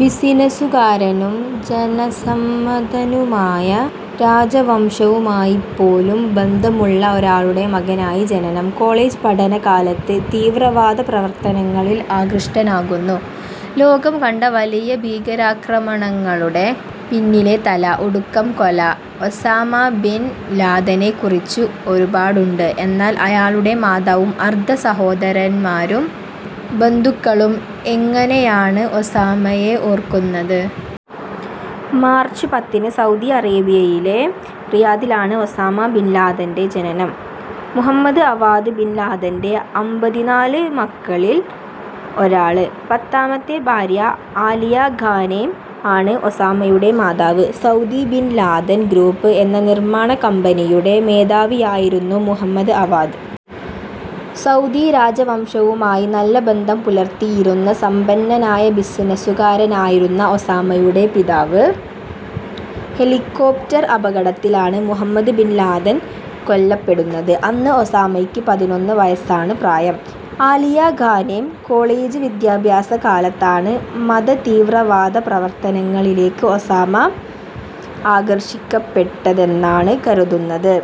ബിസിനസുകാരനും ജനസമ്മതനുമായ, രാജവംശവുമായിപ്പോലും ബന്ധമുള്ള ഒരാളുടെ മകനായി ജനനം. കോളേജ് പഠന കാലത്ത് തീവ്രവാദ പ്രവർത്തനങ്ങളിൽ ആകൃഷ്ടനാകുന്നു. ലോകം കണ്ട വലിയ ഭീകരാക്രമണങ്ങളുടെ പിന്നിലെ തല. ഒടുക്കം കൊല. ഒസാമ ബിൻ ലാദനെ കുറിച്ച് ഒരുപാടുണ്ട്. എന്നാൽ അയാളുടെ മാതാവും, അർദ്ധ സഹോദരന്മാരും, ബന്ധുക്കളും എങ്ങനെയാണ് ഒസാമയെ ഓർക്കുന്നത്. മാർച്ച് പത്തിന് സൗദി അറേബ്യയിലെ റിയാദിലാണ് ഒസാമ ബിൻലാദന്റെ ജനനം. മുഹമ്മദ് അവാദ് ബിൻ ലാദന്റെ അമ്പതിനാല് മക്കളിൽ ഒരാള്. പത്താമത്തെ ഭാര്യ ആലിയ ഗാനെം ആണ് ഒസാമയുടെ മാതാവ്. ' സൗദി ബിൻ ലാദൻ ഗ്രൂപ്പ് ' എന്ന നിർമ്മാണ കമ്പനിയുടെ മേധാവിയായിരുന്നു മുഹമ്മദ് അവാദ്. സൗദി രാജവംശവുമായി നല്ല ബന്ധം പുലർത്തിയിരുന്ന സമ്പന്നനായ ബിസിനസ്സുകാരനായിരുന്ന ഒസാമയുടെ പിതാവ്. ഹെലികോപ്റ്റർ അപകടത്തിലാണ് മുഹമ്മദ് ബിൻ ലാദൻ കൊല്ലപ്പെടുന്നത്. അന്ന് ഒസാമയ്ക്ക് പതിനൊന്ന് വയസാണ് പ്രായം. ആലിയ ഗാനെം കോളേജ് വിദ്യാഭ്യാസ കാലത്താണ് മതതീവ്രവാദ പ്രവർത്തനങ്ങളിലേക്ക് ഒസാമ ആകർഷിക്കപ്പെട്ടതെന്നാണ് കരുതുന്നത്.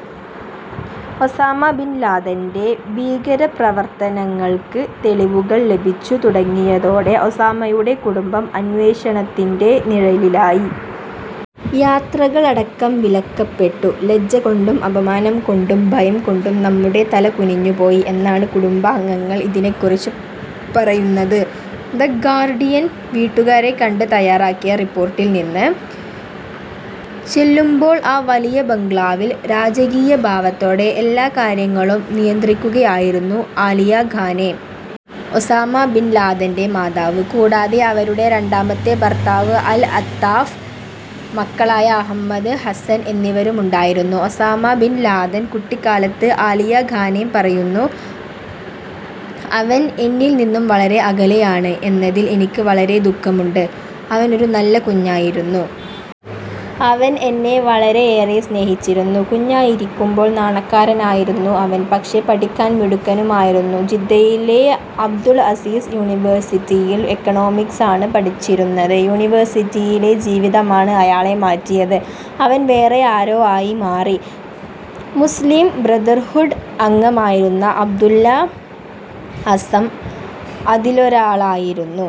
ഒസാമ ബിൻ ലാദന്റെ ഭീകരപ്രവര്ത്തനങ്ങൾക്ക് തെളിവുകൾ ലഭിച്ചു തുടങ്ങിയതോടെ ഒസാമയുടെ കുടുംബം അന്വേഷണത്തിന്റെ നിഴലിലായി. യാത്രകളടക്കം വിലക്കപ്പെട്ടു. ' ലജ്ജ കൊണ്ടും അപമാനം കൊണ്ടും ഭയം കൊണ്ടും നമ്മുടെ തല കുനിഞ്ഞുപോയി ' എന്നാണ് കുടുംബാംഗങ്ങൾ ഇതിനെക്കുറിച്ച് പറയുന്നത്. ' ദ ഗാർഡിയൻ ' വീട്ടുകാരെ കണ്ട് തയ്യാറാക്കിയ റിപ്പോർട്ടിൽ നിന്ന്. ചെല്ലുമ്പോൾ, ആ വലിയ ബംഗ്ലാവിൽ രാജകീയ ഭാവത്തോടെ എല്ലാ കാര്യങ്ങളും നിയന്ത്രിക്കുകയായിരുന്നു ആലിയ ഗാനെം. ഒസാമ ബിൻ ലാദന്റെ മാതാവ്. കൂടാതെ അവരുടെ രണ്ടാമത്തെ ഭർത്താവ് അൽ -അത്താഫ്, മക്കളായ അഹമ്മദ്, ഹസ്സൻ എന്നിവരുമുണ്ടായിരുന്നു. ഒസാമ ബിന് ലാദൻ കുട്ടിക്കാലത്ത് ആലിയ ഗാനെം പറയുന്നു, '' അവൻ എന്നിൽ നിന്നും വളരെ അകലെയാണ് എന്നതിൽ എനിക്ക് വളരെ ദുഖമുണ്ട്. അവനൊരു നല്ല കുഞ്ഞായിരുന്നു. അവൻ എന്നെ വളരെയേറെ സ്നേഹിച്ചിരുന്നു. കുഞ്ഞായിരിക്കുമ്പോൾ നാണക്കാരനായിരുന്നു അവൻ. പക്ഷെ, പഠിക്കാൻ മിടുക്കനുമായിരുന്നു. ജിദ്ദയിലെ അബ്ദുള് അസീസ് യൂണിവേഴ്സിറ്റിയിൽ എക്കണോമിക്സാണ് പഠിച്ചിരുന്നത്. യൂണിവേഴ്സിറ്റിയിലെ ജീവിതമാണ് അയാളെ മാറ്റിയത്. അവൻ വേറെ ആരോ ആയി മാറി. '' മുസ്ലിം ബ്രദർഹുഡ് അംഗമായിരുന്ന അബ്ദുല്ല അസ്സം അതിലൊരാളായിരുന്നു.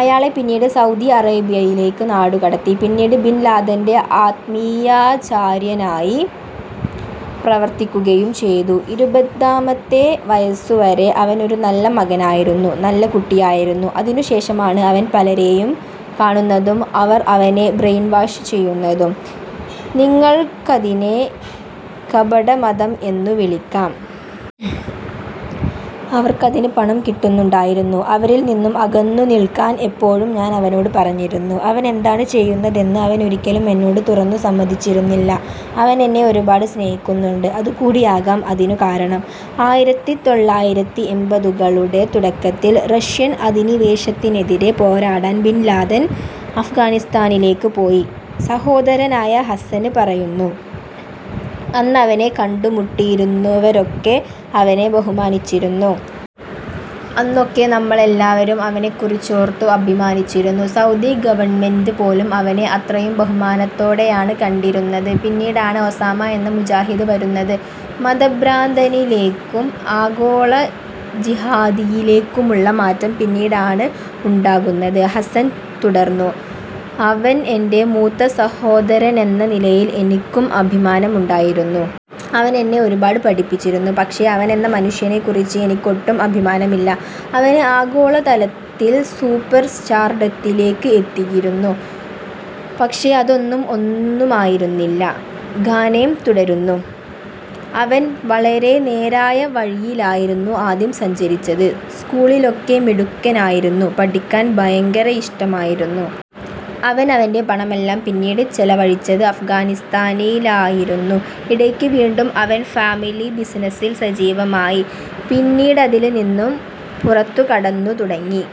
അയാളെ പിന്നീട് സൗദി അറേബ്യയിലേക്ക് നാടുകടത്തി. പിന്നീട് ബിൻ ലാദന്റെ ആത്മീയാചാര്യനായി പ്രവർത്തിക്കുകയും ചെയ്തു. '' ഇരുപതാമത്തെ വയസുവരെ അവനൊരു നല്ല മകനായിരുന്നു. നല്ല കുട്ടിയായിരുന്നു. അതിനു ശേഷമാണ് അവൻ പലരേയും കാണുന്നതും അവർ അവനെ ബ്രെയിൻ വാഷ് ചെയ്യുന്നതും. നിങ്ങൾക്കതിനെ കപടമതം എന്നു വിളിക്കാം. അവർക്കതിന് പണം കിട്ടുന്നുണ്ടായിരുന്നു. അവരിൽ നിന്നും അകന്നുനിൾക്കാൻ എപ്പോഴും ഞാനവനോട് പറഞ്ഞിരുന്നു. അവനെന്താണ് ചെയ്യുന്നതെന്ന് അവനൊരിക്കലും എന്നോട് തുറന്നു സമ്മതിച്ചിരുന്നില്ല. അവനെന്നെ ഒരുപാട് സ്നേഹിക്കുന്നുണ്ട്. അതുകൂടിയാകാം അതിനു കാരണം. ആയിരത്തിതൊള്ളായിരത്തിഎമ്പതുകളുടെ തുടക്കത്തിൽ റഷ്യൻ അധിനിവേശത്തിനെതിരെ പോരാടാൻ ബിൻലാദൻ അഫ്ഗാനിസ്ഥാനിലേക്ക് പോയി. സഹോദരനായ ഹസ്സന് പറയുന്നു. '' അന്നവനെ കണ്ടുമുട്ടിയിരുന്നവരൊക്കെ അവനെ ബഹുമാനിച്ചിരുന്നു. അന്നൊക്കെ നമ്മളെല്ലാവരും അവനെക്കുറിച്ചോർത്തു അഭിമാനിച്ചിരുന്നു. സൗദി ഗവണ്മെന്റ് പോലും അവനെ അത്രയും ബഹുമാനത്തോടെയാണ് കണ്ടിരുന്നത്. പിന്നീടാണ് ഒസാമ എന്ന മുജാഹിദ് വരുന്നത്. '' മതഭ്രാന്തനിലേക്കും ആഗോള ജിഹാദിയിലേക്കുമുള്ള മാറ്റം പിന്നീടാണ് ഉണ്ടാകുന്നത്. ഹസ്സൻ തുടർന്നു. '' അവൻ എന്റെ മൂത്ത സഹോദരനെന്ന നിലയിൽ എനിക്കും അഭിമാനമുണ്ടായിരുന്നു. അവനെന്നെ ഒരുപാട് പഠിപ്പിച്ചിരുന്നു. പക്ഷെ, അവനെന്ന മനുഷ്യനെ കുറിച്ച് എനിക്ക് ഒട്ടും അഭിമാനമില്ല. അവന് ആഗോളതലത്തിൽ സൂപ്പർ സ്റ്റാർഡത്തിലേക്ക് എത്തിയിരുന്നു. പക്ഷെ, അതൊന്നും ഒന്നുമായിരുന്നില്ല. '' ഗാനെം തുടരുന്നു. '' അവൻ വളരെ നേരായ വഴിയിലായിരുന്നു ആദ്യം സഞ്ചരിച്ചത്. സ്കൂളിലൊക്കെ മിടുക്കനായിരുന്നു. പഠിക്കാൻ ഭയങ്കര ഇഷ്ടമായിരുന്നു. അവൻ അവന്റെ പണമെല്ലാം പിന്നീട് ചെലവഴിച്ചത് അഫ്ഗാനിസ്ഥാനിലായിരുന്നു. ഇയട്ക്ക് വീണ്ടും അവൻ ഫാമിലി ബിസിനസിൽ സജീവമായി. പിന്നീടതില് നിന്നും പുറത്തുകടന്നു തുടങ്ങി.